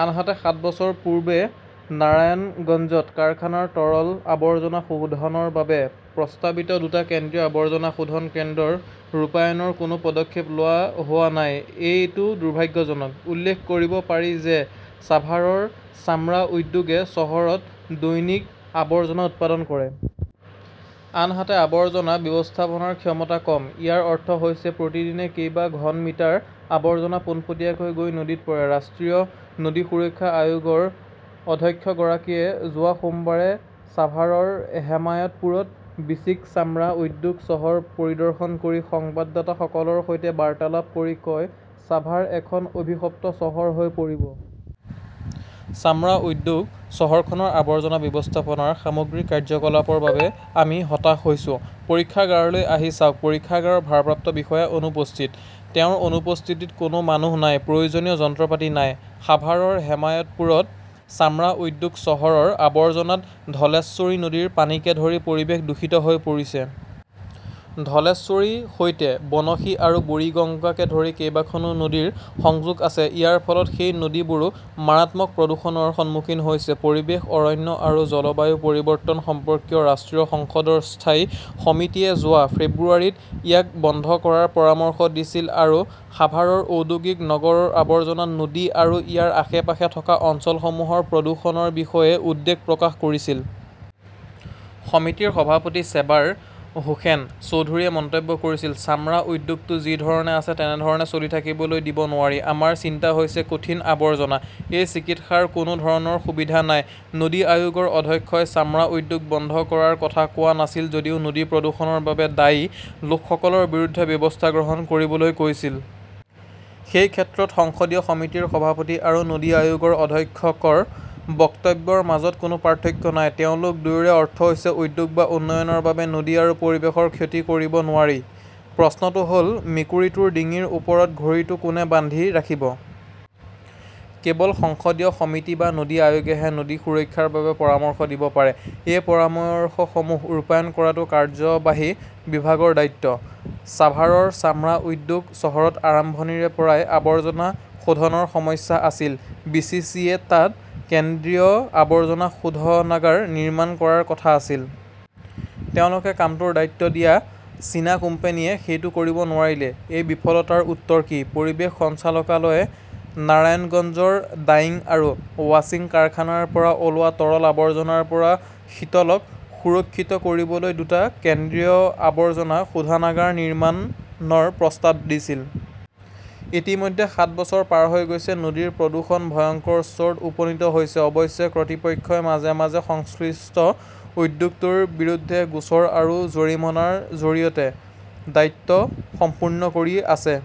আনহাতে, সাত বছৰ পূৰ্বে নাৰায়ণগঞ্জত কাৰখানাৰ তৰল আৱৰ্জনা শোধনৰ বাবে প্ৰস্তাৱিত দুটা কেন্দ্ৰীয় আৱৰ্জনা শোধন কেন্দ্ৰৰ ৰূপায়ণৰ কোনো পদক্ষেপ লোৱা হোৱা নাই। এইটো দুৰ্ভাগ্যজনক। উল্লেখ কৰিব পাৰি যে চাভাৰৰ চামৰা উদ্যোগে চহৰত দৈনিকআৱৰ্জনা উৎপাদন কৰে। আনহাতে, আৱৰ্জনা ব্যৱস্থাপনাৰ ক্ষমতা কম। ইয়াৰ অৰ্থ হৈছে প্ৰতিদিনে কেইবা ঘন মিটাৰ আৱৰ্জনা পোনপটীয়াকৈ গৈ নদীত পৰে। ৰাষ্ট্ৰীয় নদী সুৰক্ষা আয়োগৰ অধ্যক্ষগৰাকীয়ে যোৱা সোমবাৰে ছাভাৰৰ হেমায়তপুৰত বিচিক চামৰা উদ্যোগ চহৰ পৰিদৰ্শন কৰি সংবাদদাতাসকলৰ সৈতে বাৰ্তালাপ কৰি কয়, ছাভাৰ এখন অভিশপ্ত চহৰ হৈ পৰিব। চামৰা উদ্যোগ চহৰখনৰ আৱৰ্জনা ব্যৱস্থাপনাৰ সামগ্ৰিক কাৰ্যকলাপৰ বাবে আমি হতাশ হৈছো। পৰীক্ষাগাৰলৈ আহি চাওক, পৰীক্ষাগাৰৰ ভাৰপ্ৰাপ্ত বিষয়া অনুপস্থিত। তেওঁৰ অনুপস্থিতিত কোনো মানুহ নাই। প্ৰয়োজনীয় যন্ত্ৰপাতি নাই। সাভাৰৰ হেমায়তপুৰত চামৰা উদ্যোগ চহৰৰ আৱৰ্জনাত ধলেশ্বৰী নদীৰ পানীকে ধৰি পৰিৱেশ দূষিত হৈ পৰিছে। ধলেশ্বৰীৰ সৈতে বনশী আৰু বুৰিগংগাকে ধৰি কেইবাখনো নদীৰ সংযোগ আছে। ইয়াৰ ফলত সেই নদীবোৰো মাৰাত্মক প্ৰদূষণৰ সন্মুখীন হৈছে। পৰিৱেশ, অৰণ্য আৰু জলবায়ু পৰিৱৰ্তন সম্পৰ্কীয় ৰাষ্ট্ৰীয় সংসদৰ স্থায়ী সমিতিয়ে যোৱা ফেব্ৰুৱাৰীত ইয়াক বন্ধ কৰাৰ পৰামৰ্শ দিছিল আৰু সাভাৰৰ ঔদ্যোগিক নগৰৰ আৱৰ্জনাত নদী আৰু ইয়াৰ আশে-পাশে থকা অঞ্চলসমূহৰ প্ৰদূষণৰ বিষয়ে উদ্বেগ প্ৰকাশ কৰিছিল। সমিতিৰ সভাপতি চেবাৰ হোসেন চৌধুৰীয়ে মন্তব্য কৰিছিল, চামৰা উদ্যোগটো যি ধৰণে আছে তেনে ধৰণে চলি থাকিবলৈ দিব নোৱাৰি। আমাৰ চিন্তা হৈছে কঠিন আৱৰ্জনা। এই চিকিৎসাৰ কোনো ধৰণৰ সুবিধা নাই। নদী আয়োগৰ অধ্যক্ষই চামৰা উদ্যোগ বন্ধ কৰাৰ কথা কোৱা নাছিল যদিও নদী প্ৰদূষণৰ বাবে দায়ী লোকসকলৰ বিৰুদ্ধে ব্যৱস্থা গ্ৰহণ কৰিবলৈ কৈছিল। সেই ক্ষেত্ৰত সংসদীয় সমিতিৰ সভাপতি আৰু নদী আয়োগৰ অধ্যক্ষৰ বক্তব্যৰ মাজত কোনো পাৰ্থক্য নাই। তেওঁলোক দুয়োৰে অৰ্থ হৈছে উদ্যোগ বা উন্নয়নৰ বাবে নদী আৰু পৰিৱেশৰ ক্ষতি কৰিব নোৱাৰি। প্ৰশ্নটো হ'ল মেকুৰীটোৰ ডিঙিৰ ওপৰত ঘড়ীটো কোনে বান্ধি ৰাখিব? কেৱল সংসদীয় সমিতি বা নদী আয়োগেহে নদী সুৰক্ষাৰ বাবে পৰামৰ্শ দিব পাৰে। এই পৰামৰ্শসমূহ ৰূপায়ণ কৰাটো কাৰ্যবাহী বিভাগৰ দায়িত্ব। ছাভাৰৰ চামৰা উদ্যোগ চহৰত আৰম্ভণিৰে পৰাই আৱৰ্জনা শোধনৰ সমস্যা আছিল। বি. চি. চি. -য়ে তাত কেন্দ্ৰীয় আৱৰ্জনা শোধনাগাৰ নিৰ্মাণ কৰাৰ কথা আছিল। তেওঁলোকে কামটোৰ দায়িত্ব দিয়া চীনা কোম্পানীয়ে সেইটো কৰিব নোৱাৰিলে। এই বিফলতাৰ উত্তৰ কি? পৰিৱেশ সঞ্চালকালয়ে নাৰায়ণগঞ্জৰ ডাইং আৰু ৱাশ্বিং কাৰখানাৰ পৰা ওলোৱা তৰল আৱৰ্জনাৰ পৰা শীতলক সুৰক্ষিত কৰিবলৈ দুটা কেন্দ্ৰীয় আৱৰ্জনা শোধনাগাৰ নিৰ্মাণৰ প্ৰস্তাৱ দিছিল। ইতিমধ্যে সাত বছৰ পাৰ হৈ গৈছে। নদীৰ প্ৰদূষণ ভয়ংকৰ স্তৰত উপনীত হৈছে। অৱশ্যে, কৰ্তৃপক্ষই মাজে মাজে সংশ্লিষ্ট উদ্যোগটোৰ বিৰুদ্ধে গোচৰ আৰু জৰিমনাৰ জৰিয়তে দায়িত্ব সম্পূৰ্ণ কৰি আছে।